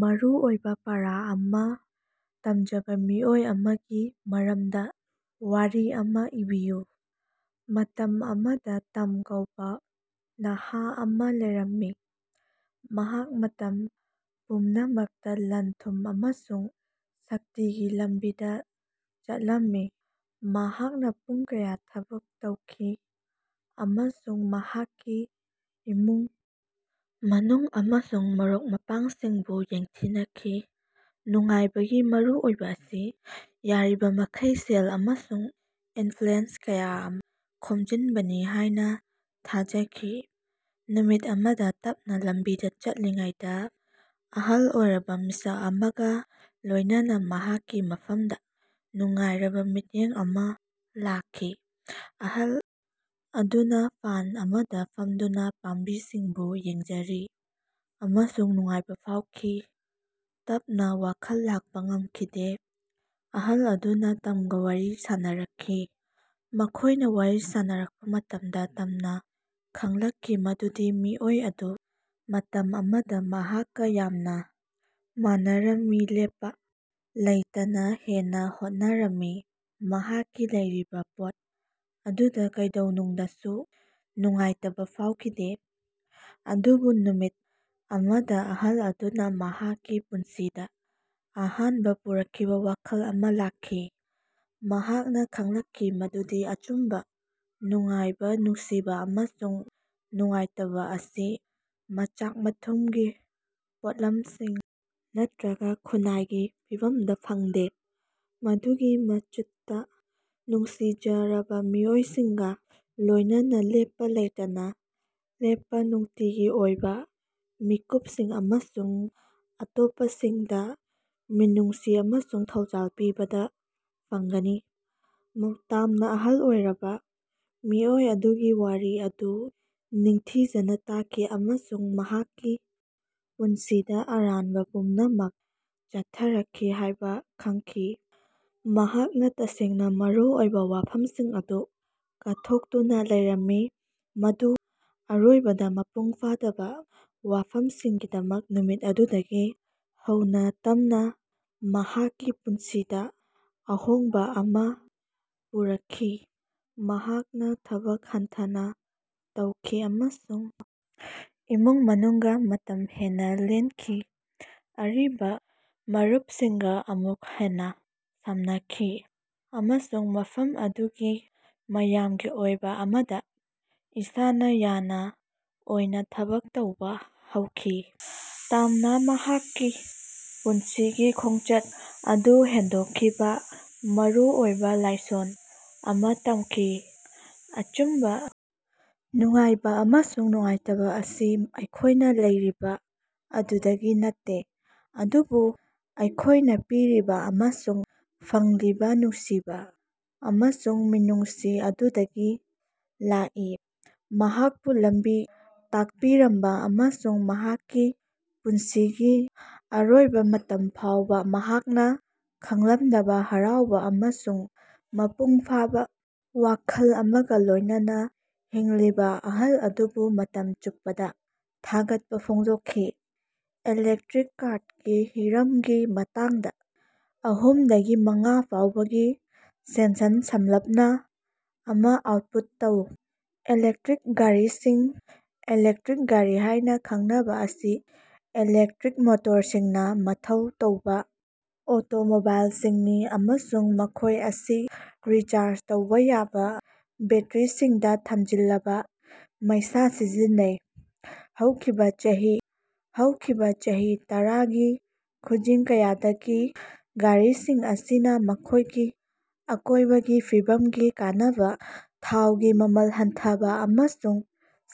ꯃꯔꯨꯑꯣꯏꯕꯥ ꯄꯥꯔꯥ ꯑꯃꯥ ꯇꯝꯖꯕꯥ ꯃꯤꯑꯣꯏ ꯑꯃꯒꯤ ꯃꯔꯝꯗꯥ ꯋꯥꯔꯤ ꯑꯃ ꯏꯕꯤꯌꯨ꯫ ꯃꯇꯝ ꯑꯃꯗ ꯇꯝ ꯀꯧꯕꯥ ꯅꯍꯥ ꯑꯃ ꯂꯩꯔꯝꯃꯤ ꯃꯍꯥꯛ ꯃꯇꯝ ꯄꯨꯝꯅꯃꯛꯇꯥ ꯂꯟ-ꯊꯨꯝ ꯑꯃꯁꯨꯡ ꯁꯛꯇꯤꯒꯤ ꯂꯝꯕꯤꯗꯥ ꯆꯠꯂꯝꯃꯤ꯫ ꯃꯍꯥꯛꯅꯥ ꯄꯨꯡ ꯀꯌꯥ ꯊꯕꯛ ꯇꯧꯈꯤ ꯑꯃꯁꯨꯡ ꯃꯍꯥꯛꯀꯤ ꯏꯃꯨꯡ ꯃꯅꯨꯡ ꯑꯃꯁꯨꯡ ꯃꯔꯨꯞ ꯃꯄꯥꯡꯁꯤꯡꯕꯨ ꯌꯦꯡꯊꯤꯅꯈꯤ ꯅꯨꯡꯉꯥꯏꯕꯒꯤ ꯃꯔꯨꯑꯣꯏꯕꯥ ꯑꯁꯤ ꯌꯥꯔꯤꯕꯃꯈꯩ ꯁꯦꯜ ꯑꯃꯁꯨꯡ ꯏꯟꯐ꯭ꯂꯨꯌꯦꯟꯁ ꯀꯌꯥ ꯈꯣꯝꯖꯤꯟꯕꯅꯤ ꯍꯥꯢꯅ ꯊꯥꯖꯈꯤ꯫ ꯅꯨꯃꯤꯠ ꯑꯃꯗ ꯇꯝꯅ ꯂꯝꯕꯤꯗ ꯆꯠꯂꯤꯉꯩꯗꯥ ꯑꯍꯜ ꯑꯣꯏꯔꯕ ꯃꯤꯁꯛ ꯑꯃꯒ ꯂꯣꯢꯅꯅꯥ ꯃꯍꯥꯛꯀꯤ ꯃꯐꯝꯗ ꯅꯨꯡꯉꯥꯏꯔꯕꯥ ꯃꯤꯠꯌꯦꯡ ꯑꯃ ꯂꯥꯛꯈꯤ꯫ ꯑꯍꯜ ꯑꯗꯨꯅ ꯐꯥꯟ ꯑꯃꯗ ꯐꯝꯗꯨꯅ ꯄꯥꯝꯕꯤꯁꯤꯡꯕꯨ ꯌꯦꯡꯖꯔꯤ ꯑꯃꯁꯨꯡ ꯅꯨꯡꯉꯥꯏꯕ ꯐꯥꯎꯈꯤ꯫ ꯇꯝꯅꯥ ꯋꯥꯈꯜ ꯂꯥꯛꯄ ꯉꯝꯈꯤꯗꯦ꯫ ꯑꯍꯜ ꯑꯗꯨꯅ ꯇꯝꯒꯥ ꯋꯥꯔꯤ ꯁꯥꯅꯔꯛꯈꯤ ꯃꯈꯣꯢꯅ ꯋꯥꯔꯤ ꯁꯥꯅꯔꯛꯄ ꯃꯇꯝꯗ ꯇꯝꯅꯥ ꯈꯡꯂꯛꯈꯤ ꯃꯗꯨꯗꯤ ꯃꯤꯑꯣꯏ ꯑꯗꯨ ꯃꯇꯝ ꯑꯃꯗ ꯃꯍꯥꯛꯀ ꯌꯥꯝꯅ ꯃꯥꯟꯅꯔꯝꯃꯤ ꯂꯦꯞꯄ ꯂꯩꯇꯅ ꯍꯦꯟꯅ ꯍꯣꯠꯅꯔꯝꯃꯤ ꯃꯍꯥꯛꯀꯤ ꯂꯩꯔꯤꯕꯥ ꯄꯣꯠ ꯑꯗꯨꯗ ꯀꯩꯗꯧꯉꯩꯗꯁꯨ ꯅꯨꯡꯉꯥꯏꯇꯕ ꯐꯥꯎꯈꯤꯗꯦ꯫ ꯑꯗꯨꯕꯨ ꯅꯨꯃꯤꯠ ꯑꯃꯗ ꯑꯍꯜ ꯑꯗꯨꯅ ꯃꯍꯥꯛꯀꯤ ꯄꯨꯟꯁꯤꯗ ꯑꯍꯣꯡꯕ ꯄꯨꯔꯛꯈꯤꯕ ꯋꯥꯈꯜ ꯑꯃ ꯂꯥꯛꯈꯤ꯫ ꯃꯍꯥꯛꯅ ꯈꯡꯂꯛꯈꯤ ꯃꯗꯨꯗꯤ ꯑꯆꯨꯝꯕ ꯅꯨꯡꯉꯥꯏꯕ ꯅꯨꯡꯁꯤꯕ ꯑꯃꯁꯨꯡ ꯅꯨꯡꯉꯥꯏꯇꯕ ꯑꯁꯤ ꯃꯆꯥꯛ-ꯃꯊꯨꯝꯒꯤ ꯄꯣꯠꯂꯝꯁꯤꯡ ꯅꯠꯇ꯭ꯔꯒ ꯈꯨꯟꯅꯥꯏꯒꯤ ꯐꯤꯚꯝꯗ ꯐꯪꯗꯦ ꯃꯗꯨꯒꯤ ꯃꯍꯨꯠꯇ ꯅꯨꯡꯁꯤꯖꯔꯕ ꯃꯤꯑꯣꯏꯁꯤꯡꯒ ꯂꯣꯢꯅꯅꯥ ꯂꯦꯞꯄꯥ ꯂꯩꯇꯅ ꯂꯦꯞꯄ ꯅꯨꯡꯇꯤꯒꯤ ꯑꯣꯏꯕ ꯃꯤꯀꯨꯞꯁꯤꯡ ꯑꯃꯁꯨꯡ ꯑꯇꯣꯞꯄꯁꯤꯡꯗ ꯃꯤꯅꯨꯡꯁꯤ ꯑꯃꯁꯨꯡ ꯊꯧꯖꯥꯜ ꯄꯤꯕꯗ ꯐꯪꯒꯅꯤ꯫ ꯇꯝꯅꯥ ꯑꯍꯜ ꯑꯣꯏꯔꯕ ꯃꯤꯑꯣꯏ ꯑꯗꯨꯒꯤ ꯋꯥꯔꯤ ꯑꯗꯨ ꯅꯤꯡꯊꯤꯖꯅ ꯇꯥꯈꯤ ꯑꯃꯁꯨꯡ ꯃꯍꯥꯛꯀꯤ ꯄꯨꯟꯁꯤꯗ ꯑꯔꯥꯟꯕ ꯄꯨꯝꯅꯃꯛ ꯆꯠꯊꯔꯛꯈꯤ ꯍꯥꯢꯕ ꯈꯡꯈꯤ꯫ ꯃꯍꯥꯛꯅ ꯇꯁꯦꯡꯅ ꯃꯔꯨ ꯑꯣꯏꯕ ꯋꯥꯐꯝꯁꯤꯡ ꯑꯗꯨ ꯀꯠꯊꯣꯛꯇꯨꯅ ꯂꯩꯔꯝꯃꯤ ꯃꯗꯨ ꯑꯔꯣꯏꯕꯗ ꯃꯄꯨꯡ ꯐꯥꯗꯕ ꯋꯥꯐꯝꯁꯤꯡꯒꯤꯗꯃꯛ꯫ ꯅꯨꯃꯤꯠ ꯑꯗꯨꯗꯒꯤ ꯍꯧꯅꯥ ꯇꯝꯅꯥ ꯃꯍꯥꯛꯀꯤ ꯄꯨꯟꯁꯤꯗ ꯑꯍꯣꯡꯕ ꯑꯃꯥ ꯄꯨꯔꯛꯈꯤ꯫ ꯃꯍꯥꯛꯅ ꯊꯕꯛ ꯍꯟꯊꯅ ꯇꯧꯈꯤ ꯑꯃꯁꯨꯡ ꯏꯃꯨꯡ ꯃꯅꯨꯡꯒ ꯃꯇꯝ ꯍꯦꯟꯅ ꯂꯦꯟꯈꯤ ꯑꯔꯤꯕ ꯃꯔꯨꯞꯁꯤꯡꯒ ꯑꯃꯨꯛ ꯍꯟꯅ ꯁꯝꯅꯈꯤ ꯑꯃꯁꯨꯡ ꯃꯐꯝ ꯑꯗꯨꯒꯤ ꯃꯥꯌꯥꯝꯒꯤ ꯑꯣꯏꯕ ꯑꯃꯗ ꯏꯁꯥꯅ ꯌꯥꯅ ꯑꯣꯏꯅ ꯊꯕꯛ ꯇꯧꯕꯥ ꯍꯧꯈꯤ꯫ ꯇꯝꯅꯥ ꯃꯍꯥꯛꯀꯤ ꯄꯨꯟꯁꯤꯒꯤ ꯈꯣꯡꯆꯠ ꯑꯗꯨ ꯍꯣꯡꯗꯣꯛꯈꯤꯕꯥ ꯃꯔꯨꯑꯣꯏꯕ ꯂꯥꯏꯁꯣꯟ ꯑꯃ ꯇꯝꯈꯤ ꯑꯆꯨꯝꯕ ꯅꯨꯡꯉꯥꯏꯕ ꯑꯃꯁꯨꯡ ꯅꯨꯡꯉꯥꯏꯇꯕ ꯑꯁꯤ ꯑꯩꯈꯣꯢꯅ ꯂꯩꯔꯤꯕꯥ ꯑꯗꯨꯗꯒꯤ ꯅꯠꯇꯦ ꯑꯗꯨꯕꯨ ꯑꯩꯈꯣꯢꯅ ꯄꯤꯔꯤꯕ ꯑꯃꯁꯨꯡ ꯐꯪꯂꯤꯕꯥ ꯅꯨꯡꯁꯤꯕ ꯑꯃꯁꯨꯡ ꯃꯤꯅꯨꯡꯁꯤ ꯑꯗꯨꯗꯒꯤ ꯂꯥꯛꯏ꯫ ꯃꯍꯥꯛꯄꯨ ꯂꯝꯕꯤ ꯇꯥꯛꯄꯤꯔꯝꯕ ꯑꯃꯁꯨꯡ ꯃꯍꯥꯛꯀꯤ ꯄꯨꯟꯁꯤꯒꯤ ꯑꯔꯣꯏꯕ ꯃꯇꯝ ꯐꯥꯎꯕ ꯃꯍꯥꯛꯅ ꯈꯪꯂꯝꯗꯕꯥ ꯍꯔꯥꯎꯕ ꯑꯃꯁꯨꯡ ꯃꯄꯨꯡ ꯐꯥꯕ ꯋꯥꯈꯜ ꯑꯃꯒ ꯂꯣꯢꯅꯅꯥ ꯍꯤꯡꯂꯤꯕ ꯑꯍꯜ ꯑꯗꯨꯕꯨ ꯃꯇꯝ ꯆꯨꯞꯄꯗ ꯊꯥꯒꯠꯄ ꯐꯣꯡꯗꯣꯛꯈꯤ꯫ ꯏꯂꯦꯛꯇ꯭ꯔꯤꯛ ꯀꯥꯔꯗꯀꯤ ꯍꯤꯔꯝꯒꯤ ꯃꯇꯥꯡꯗ ꯑꯍꯨꯝꯗꯒꯤ ꯃꯉꯥ ꯐꯥꯎꯕꯒꯤ ꯁꯦꯟꯁꯟ ꯁꯝꯂꯞꯅ ꯑꯃ ꯑꯥꯎꯇꯄꯨꯠ ꯇꯧ꯫ ꯏꯂꯦꯛꯇ꯭ꯔꯤꯛ ꯒꯥꯔꯤꯁꯤꯡ ꯏꯂꯦꯛꯇ꯭ꯔꯤꯛ ꯒꯥꯔꯤ ꯍꯥꯢꯅ ꯈꯪꯅꯕ ꯑꯁꯤ ꯏꯂꯦꯛꯇꯔꯤꯛ ꯃꯣꯇꯣꯔꯁꯤꯡꯅ ꯃꯊꯧ ꯇꯧꯕ ꯑꯣꯇꯣꯃꯣꯕꯥꯏꯂꯁꯤꯡꯅꯤ ꯑꯃꯁꯨꯡ ꯃꯈꯣꯢ ꯑꯁꯤ ꯔꯤꯆꯥꯔꯖ ꯇꯧꯕꯥ ꯌꯥꯕ ꯕꯦꯇ꯭ꯔꯤꯁꯤꯡꯗ ꯊꯝꯖꯤꯜꯂꯕ ꯃꯩꯁꯥ ꯁꯤꯖꯤꯟꯅꯩ꯫ ꯍꯧꯈꯤꯕꯥ ꯆꯍꯤ ꯇꯔꯥꯒꯤ ꯈꯨꯖꯤꯡ ꯀꯌꯥꯗꯒꯤ ꯒꯥꯔꯤꯁꯤꯡ ꯑꯁꯤꯅꯥ ꯃꯈꯣꯢꯒꯤ ꯑꯀꯣꯢꯕꯒꯤ ꯐꯤꯕꯝꯒꯤ ꯀꯥꯟꯅꯕ ꯊꯥꯎꯒꯤ ꯃꯃꯜ ꯍꯟꯊꯕ ꯑꯃꯁꯨꯡ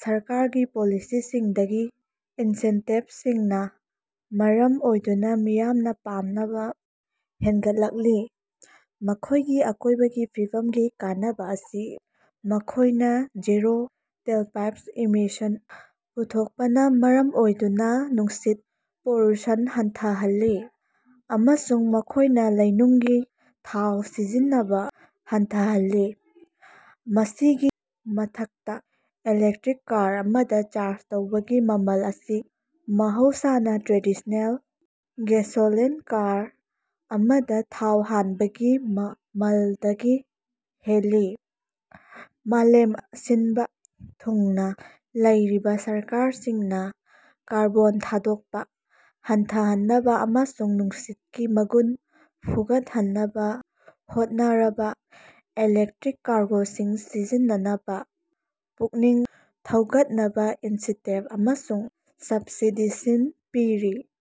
ꯁꯔꯀꯥꯔꯒꯤ ꯄꯣꯂꯤꯁꯤꯁꯤꯡꯗꯒꯤ ꯏꯟꯁꯦꯟꯇꯤꯕꯁꯤꯡꯅ ꯃꯔꯝ ꯑꯣꯏꯗꯨꯅ ꯃꯤꯌꯥꯝꯅ ꯄꯥꯝꯅꯕ ꯍꯦꯟꯒꯠꯂꯛꯂꯤ꯫ ꯃꯈꯣꯢꯒꯤ ꯑꯀꯣꯢꯕꯒꯤ ꯐꯤꯕꯝꯒꯤ ꯀꯥꯟꯅꯕ ꯑꯁꯤ ꯃꯈꯣꯢꯅ ꯖꯤꯔꯣ ꯇꯦꯂꯄꯥꯏꯞ ꯏꯃꯤꯁꯟ ꯄꯨꯊꯣꯛꯄꯅ ꯃꯔꯝ ꯑꯣꯏꯗꯨꯅ ꯅꯨꯡꯁꯤꯠ ꯄꯣꯂꯨꯁꯟ ꯍꯟꯊꯍꯜꯂꯤ ꯑꯃꯁꯨꯡ ꯃꯈꯣꯢꯅ ꯂꯩꯅꯨꯡꯒꯤ ꯊꯥꯎ ꯁꯤꯖꯤꯟꯅꯕ ꯍꯟꯊꯍꯜꯂꯤ꯫ ꯃꯁꯤꯒꯤ ꯃꯊꯛꯇꯥ ꯏꯂꯦꯛꯇ꯭ꯔꯤꯛ ꯀꯥꯔ ꯑꯃꯗꯥ ꯆꯥꯔꯖ ꯇꯧꯕꯒꯤ ꯃꯃꯜ ꯑꯁꯤ ꯃꯍꯧꯁꯥꯅꯥ ꯇ꯭ꯔꯦꯗꯤꯁꯅꯦꯜ ꯒꯦꯁꯣꯂꯤꯟ ꯀꯥꯔ ꯑꯃꯗ ꯊꯥꯎ ꯍꯥꯟꯕꯒꯤ ꯃꯃꯜꯗꯒꯤ ꯍꯦꯜꯂꯤ꯫ ꯃꯥꯂꯦꯝ ꯁꯤꯟꯕ ꯊꯨꯡꯅ ꯂꯩꯔꯤꯕ ꯁꯔꯀꯥꯔꯁꯤꯡꯅ ꯀꯥꯔꯕꯣꯟ ꯊꯥꯗꯣꯛꯄꯥ ꯍꯟꯊꯍꯟꯅꯕ ꯑꯃꯁꯨꯡ ꯅꯨꯡꯁꯤꯠꯀꯤ ꯃꯒꯨꯟ ꯐꯒꯠꯍꯟꯅꯕ ꯍꯣꯠꯅꯕꯗ ꯏꯂꯦꯛꯇ꯭ꯔꯤꯛ ꯀꯥꯔꯒꯣꯁꯤꯡ ꯁꯤꯖꯤꯟꯅꯅꯕꯥ ꯄꯨꯛꯅꯤꯡ ꯊꯧꯒꯠꯅꯕꯥ ꯏꯟꯁꯦꯟꯇꯤꯕ ꯑꯃꯁꯨꯡ ꯁꯕꯁꯤꯗꯤꯁꯤꯡ ꯄꯤꯔꯤ꯫